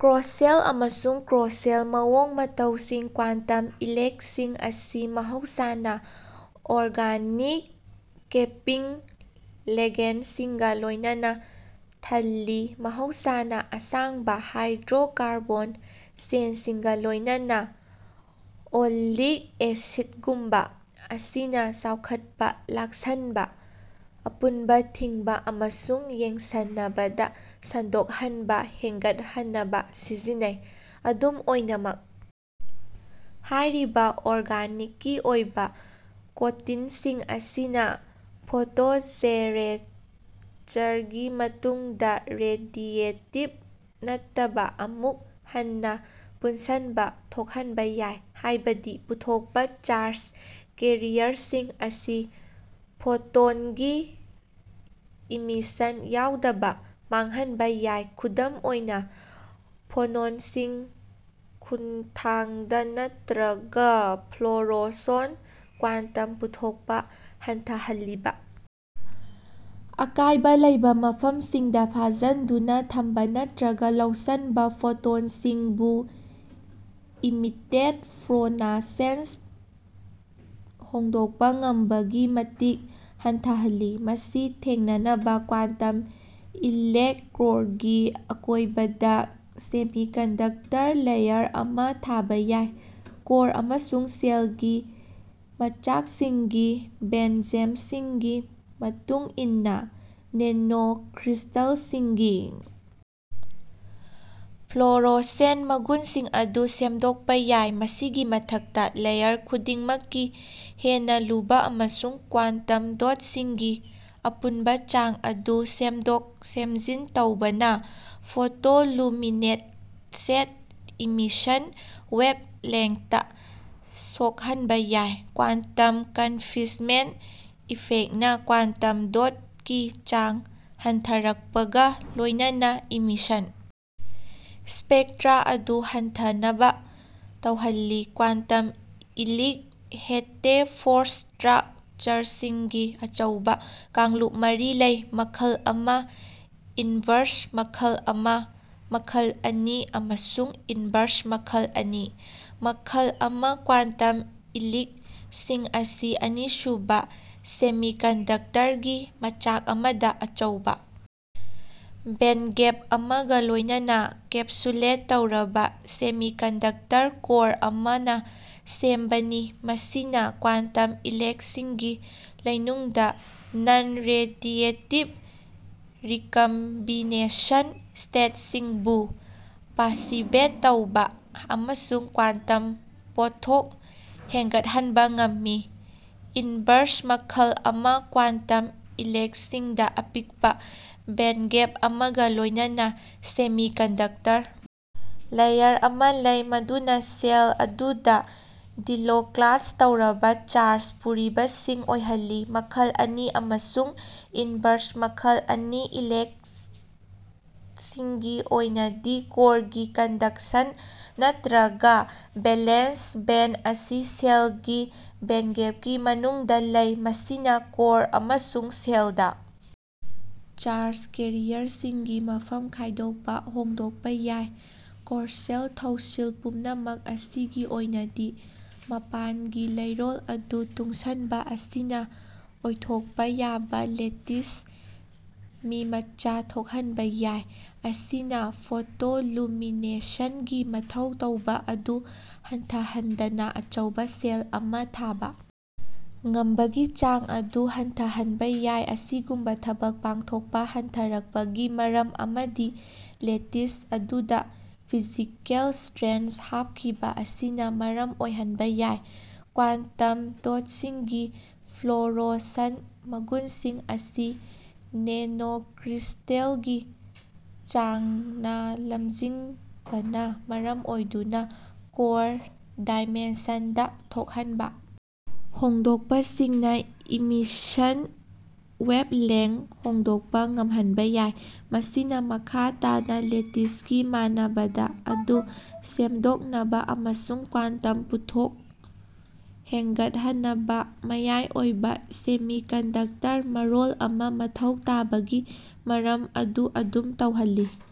ꯀꯣꯔꯁꯦꯜ ꯑꯃꯁꯨꯡ ꯀꯣꯔꯁꯦꯜ ꯃꯑꯣꯡ ꯃꯇꯧꯁꯤꯡ ꯀ꯭ꯋꯥꯟꯇꯝ ꯏꯂꯤꯛꯁꯤꯡ ꯑꯁꯤ ꯃꯍꯧꯁꯥꯅ ꯑꯣꯔꯒꯅꯤꯛ ꯀꯦꯄꯤꯡ ꯂꯤꯒꯦꯟꯗꯁꯤꯡꯒ ꯂꯣꯏꯅꯅ ꯊꯜꯂꯤ (ꯃꯍꯧꯁꯥꯅ ꯑꯁꯥꯡꯕ ꯍꯥꯏꯗ꯭ꯔꯣꯀꯔꯕꯣꯟ ꯆꯦꯟꯁꯤꯡꯒ ꯂꯣꯏꯅꯅ, ꯑꯣꯂꯤꯛ ꯑꯦꯁꯤꯗꯒꯨꯝꯕ) ꯑꯁꯤꯅ ꯆꯥꯎꯈꯠꯄ ꯂꯥꯛꯁꯤꯟꯕ, ꯑꯄꯨꯟꯕ ꯊꯤꯡꯕ, ꯑꯃꯁꯨꯡ ꯌꯥꯟꯁꯤꯟꯅꯕꯗ ꯁꯟꯗꯣꯛꯍꯟꯕ ꯍꯦꯟꯒꯠꯍꯟꯅꯕ ꯁꯤꯖꯤꯟꯅꯩ꯫ ꯑꯗꯨꯝ ꯑꯣꯏꯅꯃꯛ ꯍꯥꯏꯔꯤꯕ ꯑꯣꯔꯒꯅꯤꯛꯀꯤ ꯑꯣꯏꯕ ꯀꯣꯇꯤꯡꯁꯤꯡ ꯑꯁꯤꯅ ꯐꯣꯇꯣꯖꯦꯟꯔꯦꯆꯔꯒꯤ ꯃꯇꯨꯡꯗ ꯔꯦꯗꯤꯌꯦꯇꯤꯕ ꯅꯠꯇꯕ ꯑꯃꯨꯛ ꯍꯟꯅ ꯄꯨꯟꯁꯤꯟꯕ ꯊꯣꯛꯍꯟꯕ ꯌꯥꯏ, ꯍꯥꯏꯕꯗꯤ ꯄꯨꯊꯣꯛꯄ ꯆꯥꯔꯖ ꯀꯦꯔꯤꯌꯔꯁꯤꯡ ꯑꯁꯤ ꯐꯣꯇꯣꯟꯒꯤ ꯏꯃꯤꯁꯟ ꯌꯥꯎꯗꯅ ꯃꯥꯡꯍꯟꯕ ꯌꯥꯏ (ꯈꯨꯗꯝ ꯑꯣꯏꯅ ꯐꯣꯅꯣꯟꯁꯤꯡ ꯈꯨꯠꯊꯥꯡꯗ ꯅꯠꯇ꯭ꯔꯒ ꯐ꯭ꯂꯣꯔꯣꯁꯣꯟ ꯀ꯭ꯋꯥꯟꯇꯝ ꯄꯨꯊꯣꯛꯄ ꯍꯟꯊꯍꯜꯂꯤꯕ ꯑꯀꯥꯏꯕ ꯂꯩꯕ ꯃꯐꯝꯁꯤꯡꯗ ꯐꯥꯖꯤꯟꯗꯨꯅ ꯊꯝꯕ ꯅꯠꯇ꯭ꯔꯒ ꯂꯧꯁꯤꯟꯕ ꯐꯣꯇꯣꯟꯁꯤꯡꯕꯨ ꯏꯃꯤꯇꯦꯠ ꯐ꯭ꯂꯣꯔꯥꯁꯦꯟꯁ ꯍꯣꯡꯗꯣꯛꯄ ꯉꯝꯕꯒꯤ ꯃꯇꯤꯛ ꯍꯟꯊꯍꯜꯂꯤꯕ)꯫ ꯃꯁꯤ ꯊꯦꯡꯅꯅꯕ ꯀ꯭ꯋꯥꯟꯇꯝ ꯏꯂꯤꯛ ꯀꯣꯔꯒꯤ ꯑꯀꯣꯏꯕꯗ ꯁꯦꯃꯤꯀꯟꯗꯛꯇꯔ ꯂꯦꯌꯔ ꯑꯃ ꯊꯥꯕ ꯌꯥꯏ꯫ ꯀꯣꯔ ꯑꯃꯁꯨꯡ ꯁꯦꯜꯒꯤ ꯃꯆꯥꯛꯁꯤꯡꯒꯤ ꯕꯦꯟꯒꯦꯞꯁꯤꯡꯒꯤ ꯃꯇꯨꯡ ꯏꯟꯅ ꯅꯦꯅꯣꯀ꯭ꯔꯤꯁꯇꯜꯁꯤꯡꯒꯤ ꯐ꯭ꯂꯣꯔꯣꯁꯦꯟ ꯃꯒꯨꯟꯁꯤꯡ ꯑꯗꯨ ꯁꯦꯝꯗꯣꯛꯄ ꯌꯥꯏ꯫ ꯃꯁꯤꯒꯤ ꯃꯊꯛꯇ ꯂꯦꯌꯔ ꯈꯨꯗꯤꯡꯃꯛꯀꯤ ꯍꯦꯟꯅ ꯂꯨꯕ ꯑꯃꯁꯨꯡ ꯀ꯭ꯋꯥꯟꯇꯝ ꯗꯣꯠꯁꯤꯡꯒꯤ ꯑꯄꯨꯟꯕ ꯆꯥꯡ ꯑꯗꯨ ꯁꯦꯝꯗꯣꯛ-ꯁꯦꯝꯖꯤꯟ ꯇꯧꯕꯅ ꯐꯣꯇꯣꯂꯨꯃꯤꯅꯦꯁꯦꯟꯠ ꯏꯃꯤꯁꯟ ꯋꯦꯚꯂꯦꯟꯊꯇ ꯁꯣꯛꯍꯟꯕ ꯌꯥꯏ꯫ ꯀ꯭ꯋꯥꯟꯇꯝ ꯀꯟꯐꯤꯟꯃꯦꯟꯠ ꯏꯐꯦꯛꯅ ꯀ꯭ꯋꯥꯟꯇꯝ ꯗꯣꯠꯀꯤ ꯆꯥꯡ ꯍꯟꯊꯔꯛꯄꯒ ꯂꯣꯏꯅꯅ ꯏꯃꯤꯁꯟ ꯁ꯭ꯄꯦꯛꯇ꯭ꯔꯥ ꯑꯗꯨ ꯍꯟꯊꯅꯕ ꯇꯧꯍꯜꯂꯤ꯫ ꯀ꯭ꯋꯥꯟꯇꯝ ꯏꯂꯤꯛ ꯍꯦꯇꯦꯔꯣꯁꯇ꯭ꯔꯛꯆꯔꯁꯤꯡꯒꯤ ꯑꯆꯧꯕ ꯀꯥꯡꯂꯨꯞ ꯃꯔꯤ ꯂꯩ: ꯃꯈꯜ ꯑꯃ, ꯏꯟꯚꯔꯁ ꯃꯈꯜ ꯑꯃ, ꯃꯈꯜ ꯑꯅꯤ, ꯑꯃꯁꯨꯡ ꯏꯟꯚꯔꯁ ꯃꯈꯜ ꯑꯅꯤ꯫ ꯃꯈꯜ ꯑꯃ ꯀ꯭ꯋꯥꯟꯇꯝ ꯏꯂꯤꯛ ꯁꯤꯡ ꯑꯁꯤ ꯑꯅꯤꯁꯨꯕ ꯁꯦꯃꯤꯀꯟꯗꯛꯇꯔꯒꯤ ꯃꯆꯥꯛ ꯑꯃꯗ ꯑꯆꯧꯕ ꯕꯦꯟꯗꯒꯦꯞ ꯑꯃꯒ ꯂꯣꯏꯅꯅ ꯀꯦꯞꯁꯨꯂꯦꯠ ꯇꯧꯔꯕ ꯁꯦꯃꯤꯀꯟꯗꯦꯛꯇꯔ ꯀꯣꯔ ꯑꯃꯅ ꯁꯦꯝꯕꯅꯤ, ꯃꯁꯤꯅ ꯀ꯭ꯋꯥꯟꯇꯝ ꯏꯂꯤꯛꯁꯤꯡꯒꯤ ꯂꯩꯅꯨꯡꯗ ꯅꯟ-ꯔꯦꯗꯤꯌꯦꯇꯤꯕ ꯔꯤꯀꯝꯕꯤꯅꯦꯁꯟ ꯁꯥꯏꯠꯁꯤꯡꯕꯨ ꯄꯥꯁꯤꯚꯦꯠ ꯇꯧꯕ ꯑꯃꯁꯨꯡ ꯀ꯭ꯋꯥꯟꯇꯝ ꯄꯣꯠꯊꯣꯛ ꯍꯦꯟꯒꯠꯍꯟꯕ ꯉꯝꯃꯤ꯫ ꯏꯟꯚꯔꯁ ꯃꯈꯜ ꯑꯃ ꯀ꯭ꯋꯥꯟꯇꯝ ꯏꯂꯤꯛꯁꯤꯡꯗ ꯑꯄꯤꯛꯄ ꯕꯦꯟꯗꯒꯦꯞ ꯑꯃꯒ ꯂꯣꯏꯅꯅ ꯁꯦꯃꯤꯀꯟꯗꯛꯇꯔ ꯂꯦꯌꯔ ꯑꯃ ꯂꯩ ꯃꯗꯨꯅ ꯁꯦꯜ ꯑꯗꯨꯗ ꯗꯤꯂꯣꯀ꯭ꯂꯥꯏꯖ ꯇꯧꯔꯕ ꯆꯥꯔꯖ ꯄꯨꯔꯤꯕꯁꯤꯡ ꯑꯣꯏꯍꯜꯂꯤ꯫ ꯃꯈꯜ ꯑꯅꯤ ꯑꯃꯁꯨꯡ ꯏꯟꯚꯔꯁ ꯃꯈꯜ ꯑꯅꯤ ꯏꯂꯤꯛꯁꯤꯡꯒꯤ ꯑꯣꯏꯅꯗꯤ ꯀꯣꯔꯒꯤ ꯀꯟꯗꯛꯁꯟ ꯅꯠꯇ꯭ꯔꯒ ꯚꯦꯂꯦꯟꯁ ꯕꯦꯟꯗ ꯑꯁꯤ ꯁꯦꯜꯒꯤ ꯕꯦꯟꯒꯦꯞꯀꯤ ꯃꯅꯨꯡꯗ ꯂꯩ꯫ ꯃꯁꯤꯅ ꯀꯣꯔ ꯑꯃꯁꯨꯡ ꯁꯦꯜꯗ ꯆꯥꯔꯖ ꯀꯦꯔꯤꯌꯔꯁꯤꯡꯒꯤ ꯃꯐꯝ ꯈꯥꯏꯗꯣꯛꯄ ꯊꯣꯛꯍꯟꯕ ꯌꯥꯏ꯫ ꯀꯣꯔꯁꯦꯜ ꯊꯧꯁꯤꯜ ꯄꯨꯝꯅꯃꯛ ꯑꯁꯤꯒꯤ ꯑꯣꯏꯅꯗꯤ ꯃꯄꯥꯟꯒꯤ ꯂꯩꯔꯣꯜ ꯑꯗꯨ ꯇꯨꯡꯁꯤꯟꯕ ꯑꯁꯤꯅ ꯑꯣꯏꯊꯣꯛꯄ ꯌꯥꯕ ꯂꯦꯇꯤꯁ ꯃꯤꯃꯆ ꯊꯣꯛꯍꯟꯕ ꯌꯥꯏ꯫ ꯃꯁꯤꯅ ꯐꯣꯇꯣꯂꯨꯃꯤꯅꯦꯁꯟ ꯒꯤ ꯃꯊꯧ ꯇꯧꯕ ꯑꯗꯨ ꯍꯟꯊꯍꯟꯗꯅ ꯑꯆꯧꯕ ꯁꯦꯜ ꯑꯃ ꯊꯥꯕ ꯉꯝꯕꯒꯤ ꯆꯥꯡ ꯑꯗꯨ ꯍꯟꯊꯍꯟꯕ ꯌꯥꯏ꯫ ꯑꯁꯤꯒꯨꯝꯕ ꯊꯕꯛ ꯄꯥꯡꯊꯣꯛꯄ ꯍꯟꯊꯔꯛꯄꯒꯤ ꯃꯔꯝ ꯑꯃꯗꯤ ꯂꯦꯇꯤꯁ ꯑꯗꯨꯗ ꯐꯤꯖꯤꯀꯦꯜ ꯁꯇ꯭ꯔꯦꯟ ꯍꯥꯞꯈꯤꯕ ꯑꯁꯤꯅ ꯃꯔꯝ ꯑꯣꯏꯍꯟꯕ ꯌꯥꯏ꯫ ꯀ꯭ꯋꯥꯟꯇꯝ ꯗꯣꯠꯁꯤꯡꯒꯤ ꯐ꯭ꯂꯣꯔꯣꯁꯦꯟ ꯃꯒꯨꯟꯁꯤꯡ ꯑꯁꯤ ꯅꯦꯅꯣꯀ꯭ꯔꯤꯁꯇꯜꯒꯤ ꯆꯥꯡꯅ ꯂꯝꯖꯤꯡꯕꯅ ꯃꯔꯝ ꯑꯣꯏꯗꯨꯅ, ꯀꯣꯔ ꯗꯥꯏꯃꯦꯟꯁꯟꯗ ꯊꯣꯛꯍꯟꯕ ꯍꯣꯡꯗꯣꯛꯄꯁꯤꯡꯅ ꯏꯃꯤꯁꯟ ꯋꯦꯚꯂꯦꯟ ꯍꯣꯡꯗꯣꯛꯄ ꯉꯝꯍꯟꯕ ꯌꯥꯏ, ꯃꯁꯤꯅ ꯃꯈꯥ ꯇꯥꯅ ꯂꯦꯇꯤꯁꯒꯤ ꯃꯥꯟꯅꯗꯕ ꯑꯗꯨ ꯁꯦꯝꯗꯣꯛꯅꯕ ꯑꯃꯁꯨꯡ ꯀ꯭ꯋꯥꯇꯝ ꯄꯣꯠꯊꯣꯛ ꯍꯦꯟꯒꯠꯍꯟꯅꯕ ꯃꯌꯥꯏ ꯑꯣꯏꯕ ꯁꯦꯃꯤꯀꯟꯗꯛꯇꯔ ꯃꯔꯣꯜ ꯑꯃ ꯃꯊꯧ ꯇꯥꯕꯒꯤ ꯃꯔꯝ ꯑꯗꯨ ꯑꯗꯨꯝ ꯇꯧꯍꯜꯂꯤ꯫